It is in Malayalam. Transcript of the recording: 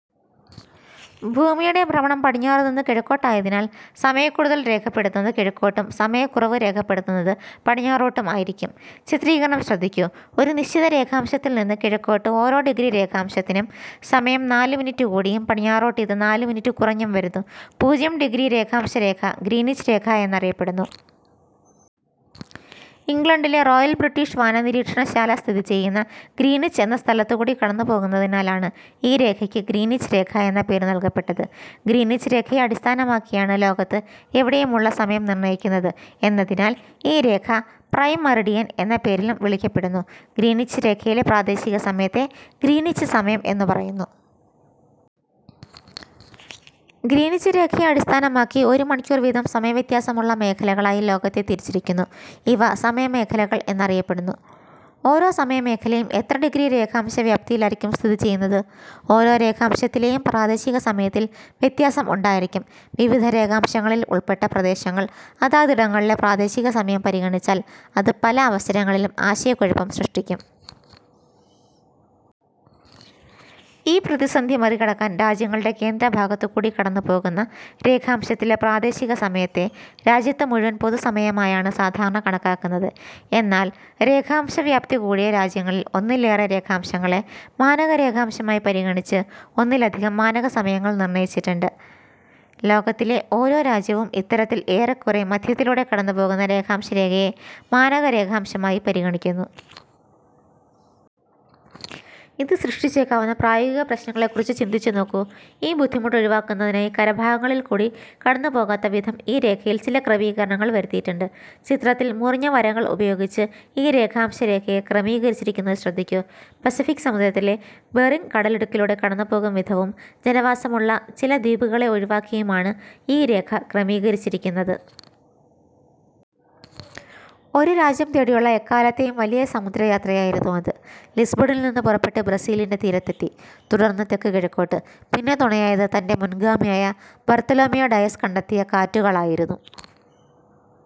ഭൂമിയുടെ ഭ്രമണം പടിഞ്ഞാറുനിന്നു കിഴക്കോട്ടായതിനാൽ സമയക്കൂടുതൽ രേഖപ്പെടുത്തുന്നത് കിഴക്കോട്ടും സമയക്കുറവ് രേഖപ്പെടുത്തുന്നത് പടിഞ്ഞാറോട്ടും ആയിരിക്കും. ചിത്രീകരണം ശ്രദ്ധിക്കൂ. ഒരു നിശ്ചിത രേഖാംശത്തിൽ നിന്നു കിഴക്കോട്ട് ഓരോ ഡിഗ്രി രേഖാംശത്തിനും സമയം നാല് മിനിറ്റ് കൂടിയും പടിഞ്ഞാറോട്ട് ഇത് നാല് മിനിറ്റ് കുറഞ്ഞും വരുന്നു. പൂജ്യം ഡിഗ്രി രേഖാംശരേഖ ഗ്രീനിച്ച് രേഖയെന്നറിയപ്പെടുന്നു. ഇംഗ്ലണ്ടിലെ റോയൽ ബ്രിട്ടീഷ് വാനനിരീക്ഷണശാല സ്ഥിതിചെയ്യുന്ന ഗ്രീനിച്ച് എന്ന സ്ഥലത്തുകൂടി കടന്നുപോകുന്നതിനാലാണ് ഈ രേഖയ്ക്ക് ഗ്രീനിച്ച് രേഖ എന്ന പേര് നൽകപ്പെട്ടത്. ഗ്രീനിച്ച് രേഖയെ അടിസ്ഥാനമാക്കിയാണ് ലോകത്ത് എവിടെയുമുള്ള സമയം നിർണയിക്കപ്പെടുന്നത് എന്നതിനാൽ ഈ രേഖ പ്രൈം മെറീഡിയൻ എന്നും വിളിക്കപ്പെടുന്നു. ഗ്രീനിച്ച് രേഖയിലെ പ്രാദേശികസമയത്തെ ഗ്രീനിച്ച് സമയം എന്നു പറയുന്നു. ഗ്രീനിച്ച് രേഖയെ അടിസ്ഥാനമാക്കി ഒരുമണിക്കൂർ വീതം സമയവ്യത്യാസമുള്ള മേഖലകളായി ലോകത്തെ തിരിച്ചിരിക്കുന്നു. ഇവ സമയമേഖലകൾ എന്ന് അറിയപ്പെടുന്നു. ഓരോ സമയമേഖലയും എത്ര ഡിഗ്രി രേഖാംശ വ്യാപ്തിയിലായിരിക്കും സ്ഥിതിചെയ്യുന്നത്? ഓരോ രേഖാംശത്തിലെയും പ്രാദേശികസമയത്തിൽ വ്യത്യാസം ഉണ്ടായിരിക്കും. വിവിധ രേഖാംശങ്ങളിൽ ഉൾപ്പെട്ട പ്രദേശങ്ങൾ അതാതിടങ്ങളിലെ പ്രാദേശികസമയം പരിഗണിച്ചാൽ അത് പല അവസരങ്ങളിലും ആശയക്കുഴപ്പം സൃഷ്ടിക്കും. ഈ പ്രതിസന്ധി മറികടക്കാൻ രാജ്യങ്ങളുടെ കേന്ദ്രഭാഗത്തുകൂടി കടന്നുപോകുന്ന രേഖാംശത്തിലെ പ്രാദേശികസമയത്തെ രാജ്യത്ത് മുഴുവൻ പൊതുസമയമായാണ് സാധാരണ കണക്കാക്കുന്നത്. എന്നാൽ രേഖാംശവ്യാപ്തി കൂടിയ രാജ്യങ്ങളിൽ ഒന്നിലേറെ രേഖാംശങ്ങളെ മാനകരേഖാംശമായി പരിഗണിച്ച് ഒന്നിലധികം മാനകസമയങ്ങൾ നിർണയിച്ചിട്ടുണ്ട്. ലോകത്തിലെ ഓരോ രാജ്യവും ഇത്തരത്തിൽ ഏറക്കുറേ മധ്യത്തിലൂടെ കടന്നുപോകുന്ന രേഖാംശരേഖയെ മാനകരേഖാംശമായി പരിഗണിക്കുന്നു. ഇത് സൃഷ്ടിച്ചേക്കാവുന്ന പ്രായോഗിക പ്രശ്നങ്ങളെ കുറിച്ച് ചിന്തിച്ചു നോക്കൂ. ഈ ബുദ്ധിമുട്ട് ഒഴിവാക്കുന്നതിനായി കരഭാഗങ്ങളിൽ കൂടി കടന്നുപോകാത്തവിധം ഈ രേഖയിൽ ചിലക്രമീകരണങ്ങൾ വരുത്തിയിട്ടുണ്ട്. ചിത്രത്തിൽ മുറിഞ്ഞവരകൾ ഉപയോഗിച്ച് ഈ രേഖാംശരേഖയെ ക്രമീകരിച്ചിരിക്കുന്നത് ശ്രദ്ധിക്കൂ. പസഫിക് സമുദ്രത്തിലെ ബെറിങ് കടലിടുക്കിലൂടെ കടന്നുപോകും വിധവും ജനവാസമുള്ള ചില ദ്വീപുകളെ ഒഴിവാക്കിയുമാണ് ഈ രേഖ ക്രമീകരിച്ചിരിക്കുന്നത്. ഒരു രാജ്യം തേടിയുള്ള എക്കാലത്തെയും വലിയ സമുദ്രയാത്രയായിരുന്നു അത്. ലിസ്ബണിൽ നിന്നു പുറപ്പെട്ട് ബ്രസീലിന്റെ തീരത്തെത്തി. തുടർന്ന് തെക്കുകിഴക്കോട്ട്. പിന്നെ തുണയായത് തന്റെ മുൻഗാമിയായ ബർത്തലോമിയോ ഡയസ് കണ്ടെത്തിയ കാറ്റുകളായിരുന്നു.